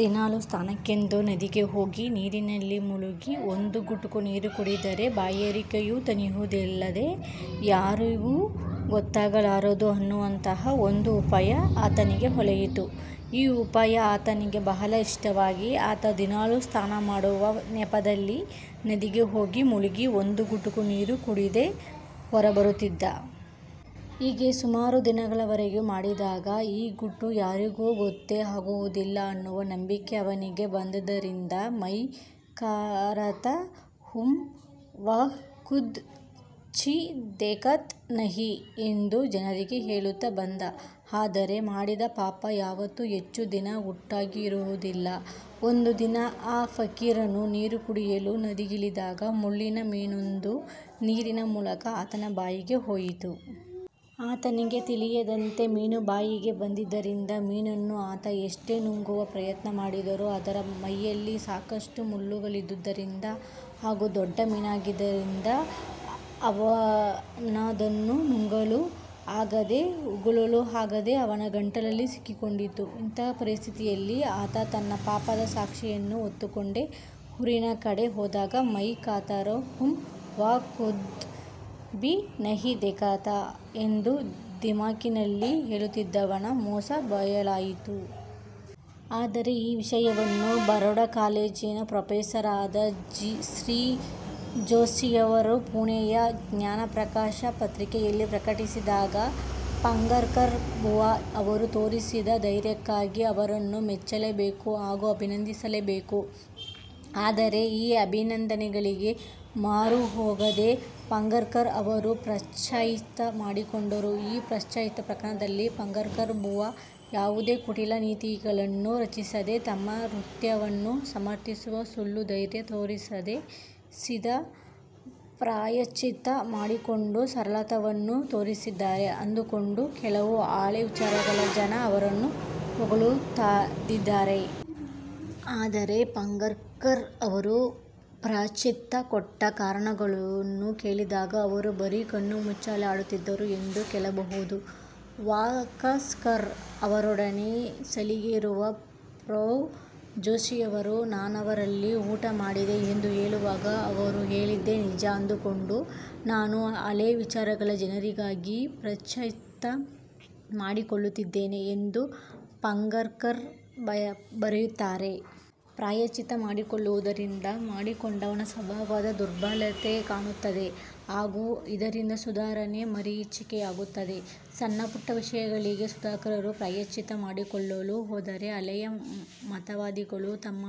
ದಿನಾಲೂ ಸ್ನಾನಕ್ಕೆಂದು ನದಿಗೆ ಹೋಗಿ ನೀರಿನಲ್ಲಿ ಮುಳುಗಿ ಒಂದು ಗುಟುಕು ನೀರು ಕುಡಿದರೆ ಬಾಯಾರಿಕೆಯೂ ತಣಿಯುವುದಲ್ಲದೆ ಯಾರಿಗೂ ಗೊತ್ತಾಗಲಾರದು ಅನ್ನುವಂತಹ ಒಂದು ಉಪಾಯ ಆತನಿಗೆ ಹೊಳೆಯಿತು. ಈ ಉಪಾಯ ಆತನಿಗೆ ಬಹಳ ಇಷ್ಟವಾಗಿ ಆತ ದಿನಾಲೂ ಸ್ನಾನ ಮಾಡುವ ನೆಪದಲ್ಲಿ ನದಿಗೆ ಹೋಗಿ ಮುಳುಗಿ ಒಂದು ಗುಟುಕು ನೀರು ಕುಡಿದೇ ಹೊರಬರುತ್ತಿದ್ದ. ಹೀಗೆ ಸುಮಾರು ದಿನಗಳವರೆಗೆ ಮಾಡಿದಾಗ ಈ ಗುಟ್ಟು ಯಾರಿಗೂ ಗೊತ್ತೇ ಆಗುವುದಿಲ್ಲ ಅನ್ನುವ ನಂಬಿಕೆ ಅವನಿಗೆ ಬಂದದ್ದರಿಂದ ''ಮೈ ಕರತಾ ಹೂಂ ವಹ್ ಖುದಾ ಭೀ ದೇಖತಾ ನಹಿ'' ಎಂದು ಜನರಿಗೆ ಹೇಳುತ್ತಾ ಬಂದ. ಆದರೆ ಮಾಡಿದ ಪಾಪ ಯಾವತ್ತೂ ಹೆಚ್ಚು ದಿನ ಗುಟ್ಟಾಗಿರುವುದಿಲ್ಲ. ಒಂದು ದಿನ ಆ ಫಕೀರನು ನೀರು ಕುಡಿಯಲು ನದಿಗಿಳಿದಾಗ ಮುಳ್ಳಿನ ಮೀನೊಂದು ನೀರಿನ ಮೂಲಕ ಆತನ ಬಾಯಿಗೆ ಹೋಯಿತು. ಆತನಿಗೆ ತಿಳಿಯದಂತೆ ಮೀನು ಬಾಯಿಗೆ ಬಂದಿದ್ದರಿಂದ ಮೀನನ್ನು ಆತ ಎಷ್ಟೇ ನುಂಗುವ ಪ್ರಯತ್ನ ಮಾಡಿದರೂ ಅದರ ಮೈಯಲ್ಲಿ ಸಾಕಷ್ಟು ಮುಳ್ಳುಗಳಿದ್ದುದರಿಂದ ಹಾಗೂ ದೊಡ್ಡ ಮೀನಾಗಿದ್ದರಿಂದ ಅವನದನ್ನು ನುಂಗಲೂ ಆಗದೆ ಉಗಳಲೂ ಆಗದೆ ಅವನ ಗಂಟಲಲ್ಲಿ ಸಿಕ್ಕಿಕೊಂಡಿತು. ಇಂತಹ ಪರಿಸ್ಥಿತಿಯಲ್ಲಿ ಆತ ತನ್ನ ಪಾಪದ ಸಾಕ್ಷಿಯನ್ನು ಹೊತ್ತುಕೊಂಡೇ ಊರಿನ ಕಡೆ ಹೋದಾಗ ''ಮೈ ಕರತಾ ಹೂಂ ವಹ್ ಖುದಾ ಭೀ ನಹಿ ದೇಖತಾ'' ಎಂದು ದಿಮಾಕಿನಲ್ಲಿ ಹೇಳುತ್ತಿದ್ದವನ ಮೋಸ ಬಯಲಾಯಿತು. ಆದರೆ ಈ ವಿಷಯವನ್ನು ಬರೋಡಾ ಕಾಲೇಜಿನ ಪ್ರೊಫೆಸರ್ ಆದ ಶ್ರೀ ಜೋಷಿಯವರು ಪುಣೆಯ ಜ್ಞಾನಪ್ರಕಾಶ ಪತ್ರಿಕೆಯಲ್ಲಿ ಪ್ರಕಟಿಸಿದಾಗ ಪಾಂಗಾರ್ಕರ್ ಬುವಾ ಅವರು ತೋರಿಸಿದ ಧೈರ್ಯಕ್ಕಾಗಿ ಅವರನ್ನು ಮೆಚ್ಚಲೇಬೇಕು ಹಾಗೂ ಅಭಿನಂದಿಸಲೇ ಬೇಕು. ಆದರೆ ಈ ಅಭಿನಂದನೆಗಳಿಗೆ ಮಾರುಹೋಗದೆ ಪಾಂಗಾರ್ಕರ್ ಅವರು ಪ್ರಾಯಶ್ಚಿತ್ತ ಮಾಡಿಕೊಂಡರು. ಈ ಪ್ರಾಯಶ್ಚಿತ್ತ ಪ್ರಕರಣದಲ್ಲಿ ಪಾಂಗಾರ್ಕರ್ ಬುವಾ ಯಾವುದೇ ಕುಟಿಲನೀತಿಗಳನ್ನು ರಚಿಸದೆ ತಮ್ಮ ಕೃತ್ಯವನ್ನು ಸಮರ್ಥಿಸುವ ಸುಳ್ಳು ಧೈರ್ಯ ತೋರಿಸದೆ ಸೀದಾ ಪ್ರಾಯಶ್ಚಿತ್ತ ಮಾಡಿಕೊಂಡು ಸರಳತನವನ್ನು ತೋರಿಸಿದ್ದಾರೆ ಅಂದುಕೊಂಡು ಕೆಲವು ಹಳೇ ವಿಚಾರಗಳ ಜನ ಅವರನ್ನು ಹೊಗಳುತ್ತಿದ್ದಾರೆ. ಆದರೆ ಪಾಂಗಾರ್ಕರ್ ಅವರು ಪ್ರಾಯಶ್ಚಿತ್ತ ಕೊಟ್ಟ ಕಾರಣಗಳನ್ನು ಕೇಳಿದಾಗ ಅವರು ಬರೀ ಕಣ್ಣುಮುಚ್ಚಾಲೆ ಆಡುತ್ತಿದ್ದರು ಎಂದೇ ಹೇಳಬಹುದು. ''ವಾಕಸಕರ್ ಅವರೊಡನೆ ಸಲಿಗೆಯಿರುವ ಪ್ರೊ. ಜೋಷಿಯವರು ನಾನವರಲ್ಲಿ ಊಟ ಮಾಡಿದೆ ಎಂದು ಹೇಳುವಾಗ ಅವರು ಹೇಳಿದ್ದೇ ನಿಜ ಅಂದುಕೊಂಡು ನಾನು ಹಳೆ ವಿಚಾರಗಳ ಜನರಿಗಾಗಿ ಪ್ರಾಯಶ್ಚಿತ್ತ ಮಾಡಿಕೊಳ್ಳುತ್ತಿದ್ದೇನೆ'' ಎಂದು ಪಾಂಗಾರ್ಕರ್ ಬರೆಯುತ್ತಾರೆ. ಪ್ರಾಯಶ್ಚಿತ್ತ ಮಾಡಿಕೊಳ್ಳುವುದರಿಂದ ಮಾಡಿಕೊಂಡವನ ಸ್ವಭಾವದ ದುರ್ಬಲತೆ ಕಾಣುತ್ತದೆ. ಹಾಗೂ ಇದರಿಂದ ಸುಧಾರಣೆ ಮರೀಚಿಕೆಯಾಗುತ್ತದೆ. ಸಣ್ಣಪುಟ್ಟ ವಿಷಯಗಳಿಗೆ ಸುಧಾರಕರು ಪ್ರಾಯಶ್ಚಿತ್ತ ಮಾಡಿಕೊಳ್ಳುತ್ತಾ ಹೋದರೆ ಹಳೆಯ ಮತವಾದಿಗಳು ತಮ್ಮ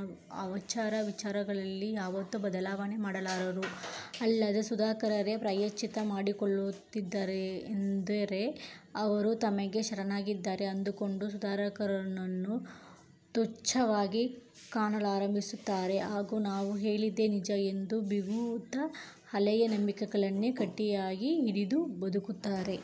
ಆಚಾರವಿಚಾರಗಳಲ್ಲಿ ಯಾವತ್ತೂ ಬದಲಾವಣೆ ಮಾಡಲಾರರು. ಅಲ್ಲದೆ, ಸುಧಾರಕರೇ ಪ್ರಾಯಶ್ಚಿತ್ತ ಮಾಡಿಕೊಳ್ಳುತ್ತಿದ್ದಾರೆಂದರೆ ಅವರು ತಮಗೆ ಶರಣಾಗಿದ್ದಾರೆ ಅಂದುಕೊಂಡು ಸುಧಾರಕರನ್ನವರು ತುಚ್ಛವಾಗಿ ಕಾಣಲಾರಂಭಿಸುತ್ತಾರೆ ಹಾಗೂ ನಾವು ಹೇಳಿದ್ದೇ ನಿಜ ಎಂದು ಬೀಗುತ್ತ ಹಳೆಯ ನಂಬಿಕೆಗಳನ್ನೇ ಗಟ್ಟಿಯಾಗಿ ಹಿಡಿದು ಬದುಕುತ್ತಾರೆ.